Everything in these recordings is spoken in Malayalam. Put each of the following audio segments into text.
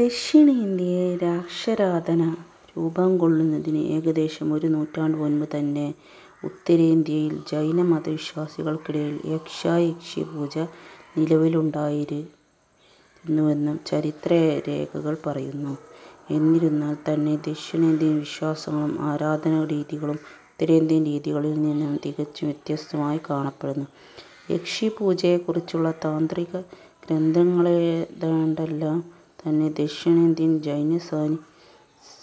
ദക്ഷിണേന്ത്യയിൽ യക്ഷാരാധന രൂപം കൊള്ളുന്നതിനു ഏകദേശം ഒരു നൂറ്റാണ്ടു മുൻപ് തന്നെ ഉത്തരേന്ത്യയിൽ ജൈന മത വിശ്വാസികൾക്കിടയിൽ യക്ഷ-യക്ഷീ പൂജ നിലവിലുണ്ടായിരുന്നുവെന്നു ചരിത്ര രേഖകൾ പറയുന്നു. എന്നിരുന്നാൽ തന്നെ ദക്ഷിണേന്ത്യൻ വിശ്വാസങ്ങളും ആരാധനാ രീതികളും ഉത്തരേന്ത്യൻ രീതികളിൽ നിന്നും തികച്ചും വ്യത്യസ്തമായി കാണപ്പെടുന്നു. യക്ഷീ പൂജയെ കുറിച്ചുള്ള താന്ത്രിക ഗ്രന്ഥങ്ങളേതാണ്ടെല്ലാം തന്നെ ദക്ഷിണേന്ത്യൻ ജൈന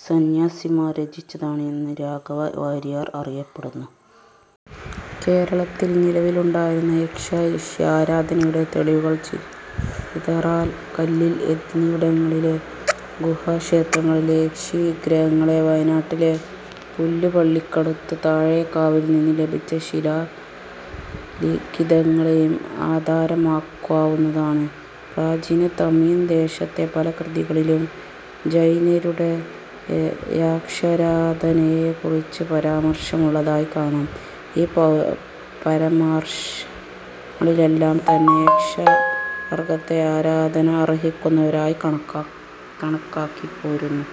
സന്യാസിമാർ രചിച്ചതാണ് എന്ന് രാഘവ വാരിയർ അഭിപ്രായപ്പെടുന്നു. കേരളത്തിൽ നിലവിലുണ്ടായിരുന്ന യക്ഷ-യക്ഷീ ആരാധനയുടെ തെളിവുകൾക്ക് ചിതറാൽ, കല്ലിൽ എന്നിവിടങ്ങളിലെ ഗുഹാക്ഷേത്രങ്ങളിലെ യക്ഷീ വിഗ്രഹങ്ങളെയും വയനാട്ടിലെ പുല്പ്പള്ളിക്കടുത്തു താഴെക്കാവിൽ നിന്ന് ലഭിച്ച ശിലാലിഖിതങ്ങളെയും ആധാരമാക്കാവുന്നതാണ്. പ്രാചീന തമിഴ് ദേശത്തെ പല കൃതികളിലും ജൈനരുടെ യക്ഷാരാധനെയെക്കുറിച്ചു പരാമാർശമുള്ളതായി കാണാം. ഈ പരാമർശങ്ങളിലെല്ലാം തന്നെ യക്ഷ വർഗത്തെ ആരാധന അർഹിക്കുന്നവരായി കണക്കാക്കിപ്പോരുന്നു.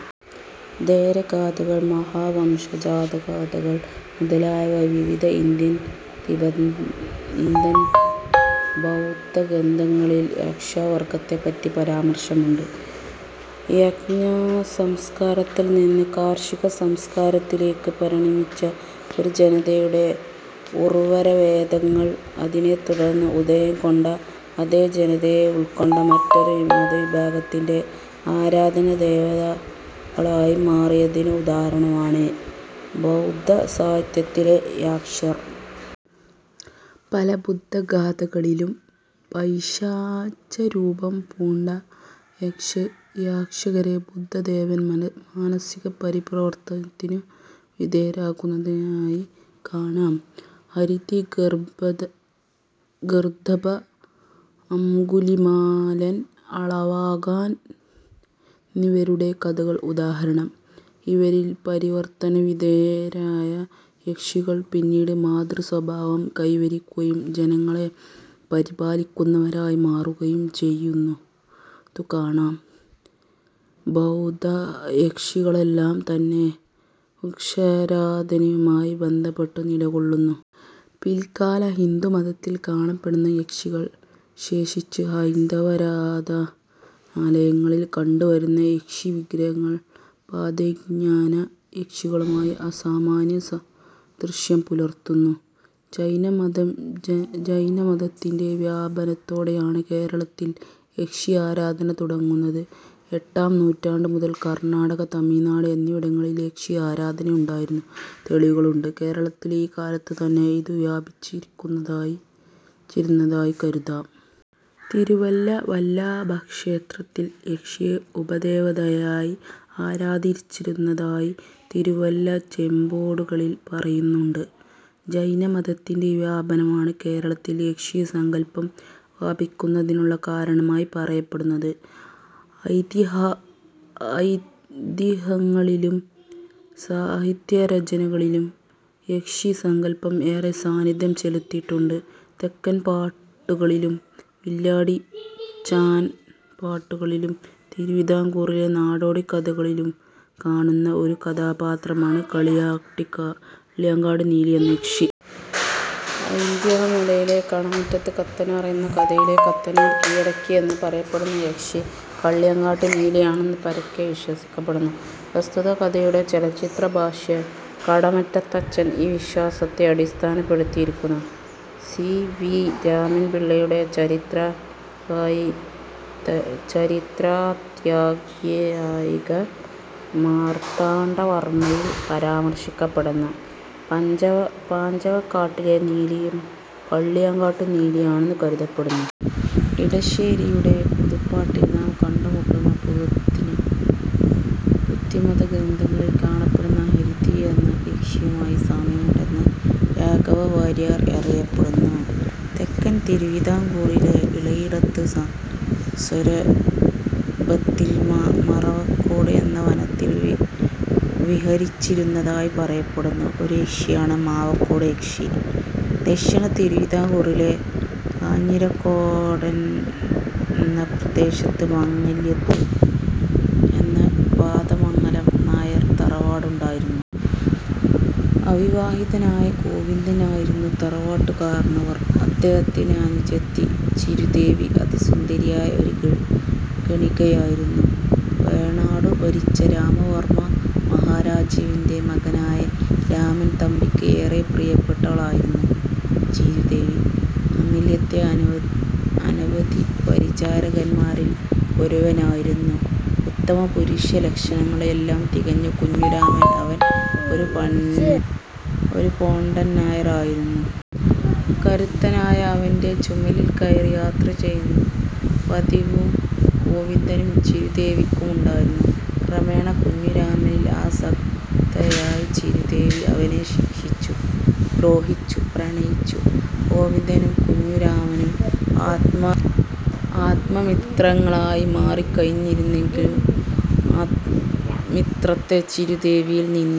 ഥേരഗാഥകൾ, മഹാവംശം, ജാതക കഥകൾ മുതലായ വിവിധ ഇന്ത്യൻ, തിബത്തൻ ബൗദ്ധഗ്രന്ഥങ്ങളിൽ യക്ഷവർഗത്തെ പറ്റി പരാമർശമുണ്ട്. യജ്ഞസംസ്കാരത്തിൽ നിന്ന് കാർഷികസംസ്കാരത്തിലെയ്ക്ക് പരിണമിച്ച ഒരു ജനതയുടെ ഉർവര ദേവതകൾ, അതിനെ തുടർന്ന് ഉദയം കൊണ്ട, അതെ ജനതയെ ഉൾക്കൊണ്ട, മറ്റൊരു മതവിഭാഗത്തിന്റെ ആരാധനാ ദേവതകളായി മാറിയതിനു ഉദാഹരണമാണ് ബൗദ്ധസാഹിത്യത്തിലെ യക്ഷർ. പല ബുദ്ധഗാഥകളിലും പൈശാചരൂപം പൂണ്ട യക്ഷരെ ബുദ്ധദേവൻ മാനസിക പരിവർത്തനത്തിനു വിധേയരാക്കുന്നതായി കാണാം. ഹാരിതി, ഗർദ്ദഭ, അംഗുലീമാലൻ, അളവാകൻ എന്നിവരുടെ കഥകൾ ഉദാഹരണം. ഇവരിൽ പരിവർത്തനവിധേയരായ യക്ഷികൾ പിന്നീട് മാതൃസ്വഭാവം കൈവരിക്കുകയും ജനങ്ങളെ പരിപാലിക്കുന്നവരായി മാറുകയും ചെയ്യുന്നതു കാണാം. ബൗദ്ധയക്ഷികളെല്ലാം തന്നെ വൃക്ഷാരാധനയുമായി ബന്ധപ്പെട്ടും നിലകൊള്ളുന്നു. പില്ക്കാല ഹിന്ദുമതത്തിൽ കാണപ്പെടുന്ന യക്ഷികൾ, വിശേഷിച്ചും ഹൈന്ദവാരാധനാലയങ്ങളിൽ കണ്ടു വരുന്ന യക്ഷീവിഗ്രഹങ്ങൾ, ബൗദ്ധ-ജൈന യക്ഷികളുമായി അസാമാന്യ സാദൃശ്യം പുലർത്തുന്നു. ജൈനമതം ജൈനമതത്തിന്റെ വ്യാപനത്തോടെയാണ് കേരളത്തിൽ യക്ഷിആരാധന തുടങ്ങുന്നത്. എട്ടാം നൂറ്റാണ്ടു മുതൽ കർണ്ണാടക, തമിഴ്നാട് എന്നിവിടങ്ങളിൽ യക്ഷി ആരാധന ഉണ്ടായിരുന്നതായി തെളിവുകളുണ്ട്. കേരളത്തിലും ഈ കാലത്തു തന്നെ ഇതു വ്യാപിച്ചിരുന്നതായി കരുതാം. തിരുവല്ല വല്ലഭക്ഷേത്രത്തിൽ യക്ഷിയെ ഉപദേവതയായി ആരാധിച്ചിരുന്നതായി തിരുവല്ല ചെപ്പേടുകളിൽ പറയുന്നുണ്ട്. ജൈന മതത്തിന്റെ വ്യാപനമാണ് കേരളത്തിൽ യക്ഷിസങ്കൽപം വ്യാപിക്കുന്നതിനുള്ള കാരണമായി പറയപ്പെടുന്നത്. ഐതിഹ്യങ്ങളിലും സാഹിത്യരചനകളിലും യക്ഷിസങ്കല്പം ഏറെ സ്വാധീനം ചെലുത്തിയിട്ടുണ്ട്. തെക്കൻ പാട്ടുകളിലും വില്ലടിച്ചാൻപാട്ടുകളിലും തിരുവിതാംകൂറിലെ നാടോടിക്കഥകളിലും കാണുന്ന ഒരു കഥാപാത്രമാണ് കള്ളിയങ്കാട്ട് നീലി എന്ന യക്ഷി. ഐതിഹ്യ മാലയിലെ "കടമറ്റത്ത് കത്തനാർ" എന്ന കഥയിൽ കത്തനാർ കീഴടക്കി എന്ന് പറയപ്പെടുന്ന യക്ഷി കള്ളിയങ്കാട്ടു നീലി ആണെന്ന് പരക്കെ വിശ്വസിക്കപ്പെടുന്നു. പ്രസ്തുത കഥയുടെ ചലച്ചിത്ര ഭാഷ്യം, കടമറ്റത്തച്ചൻ, ഈ വിശ്വാസത്തെ അടിസ്ഥാനപ്പെടുത്തിയാകുന്നു. സി. വി. രാമൻ പിള്ളയുടെ ചരിത്രാഖ്യായിക മാർത്താണ്ഠവർമയിൽ പരാമർശിക്കപ്പെടുന്ന "പഞ്ചവങ്കാട്ടിലെ നീലി" യും കള്ളിയങ്കാട്ടു നീലിയാണെന്ന് കരുതപ്പെടുന്നു. ഇടശ്ശേരിയുടെ പൂതപ്പാട്ടിൽ നാം കണ്ടുമുട്ടുന്ന പൂതത്തിനു ബുദ്ധമതഗ്രന്ഥങ്ങളിൽ കാണപ്പെടുന്ന ഹാരിതി എന്നാ യക്ഷിയുമായി സാമ്യമുണ്ടെന്ന് രാഘവ വാരിയർ അഭിപ്രായപ്പെടുന്നു. തെക്കൻ തിരുവിതാംകൂറിലെ ഇളയിടത്ത് സ്വരൂപത്തിൽ മറവങ്കോട് എന്ന വനത്തിൽ വിഹരിച്ചിരുന്നതായി പറയപ്പെടുന്ന ഒരു യക്ഷിയാണ് മറവങ്കോട് യക്ഷി. ദക്ഷിണ തിരുവിതാംകൂറിലെ കാഞ്ഞിരക്കോടെന്ന പ്രദേശത്തു 'മംഗലത്ത്' എന്ന പാതമംഗലം നായർ തറവാട് ഉണ്ടായിരുന്നു. അവിവാഹിതനായ ഗോവിന്ദൻ ആയിരുന്നു തറവാട്ടു കാരണവർ. അദ്ദേഹത്തിന്റെ അനുജത്തി ചിരുതേവി അതിസുന്ദരിയായ ഒരു ഗണികയായിരുന്നു. വേണാടു ഭരിച്ച രാമവർമ്മ മഹാരാജാവിൻറെ മകനായ രാമൻതമ്പിയ്ക്ക് ഏറെ പ്രിയപ്പെട്ടവൾ ആയിരുന്നു ചിരുതേവി. മംഗലത്തെ അനവധി പരിചാരകന്മാരിൽ ഒരുവൻ ആയിരുന്നു ഉത്തമപുരുഷലക്ഷണങ്ങൾ എല്ലാം തികഞ്ഞ കുഞ്ഞുരാമൻ. അവൻ ഒരു പോണ്ടൻനായർ ആയിരുന്നു. കരുത്തനായ അവന്റെ ചുമലിൽക്കയറി യാത്രചെയ്യുന്ന പതിവു ഗോവിന്ദനും ചിരുതേവിക്കും ഉണ്ടായിരുന്നു. ക്രമേണ കുഞ്ഞുരാമനിൽ ആസക്തയായ ചിരുതേവി അവനെ ശിക്ഷിച്ചും ദ്രോഹിച്ചും പ്രണയിച്ചു. ഗോവിന്ദനും കുഞ്ഞുരാമനും ആത്മമിത്രങ്ങളായി മാറിക്കഴിഞ്ഞിരുന്നെങ്കിലും മിത്രത്തെ ചിരുതേവിയിൽ നിന്നു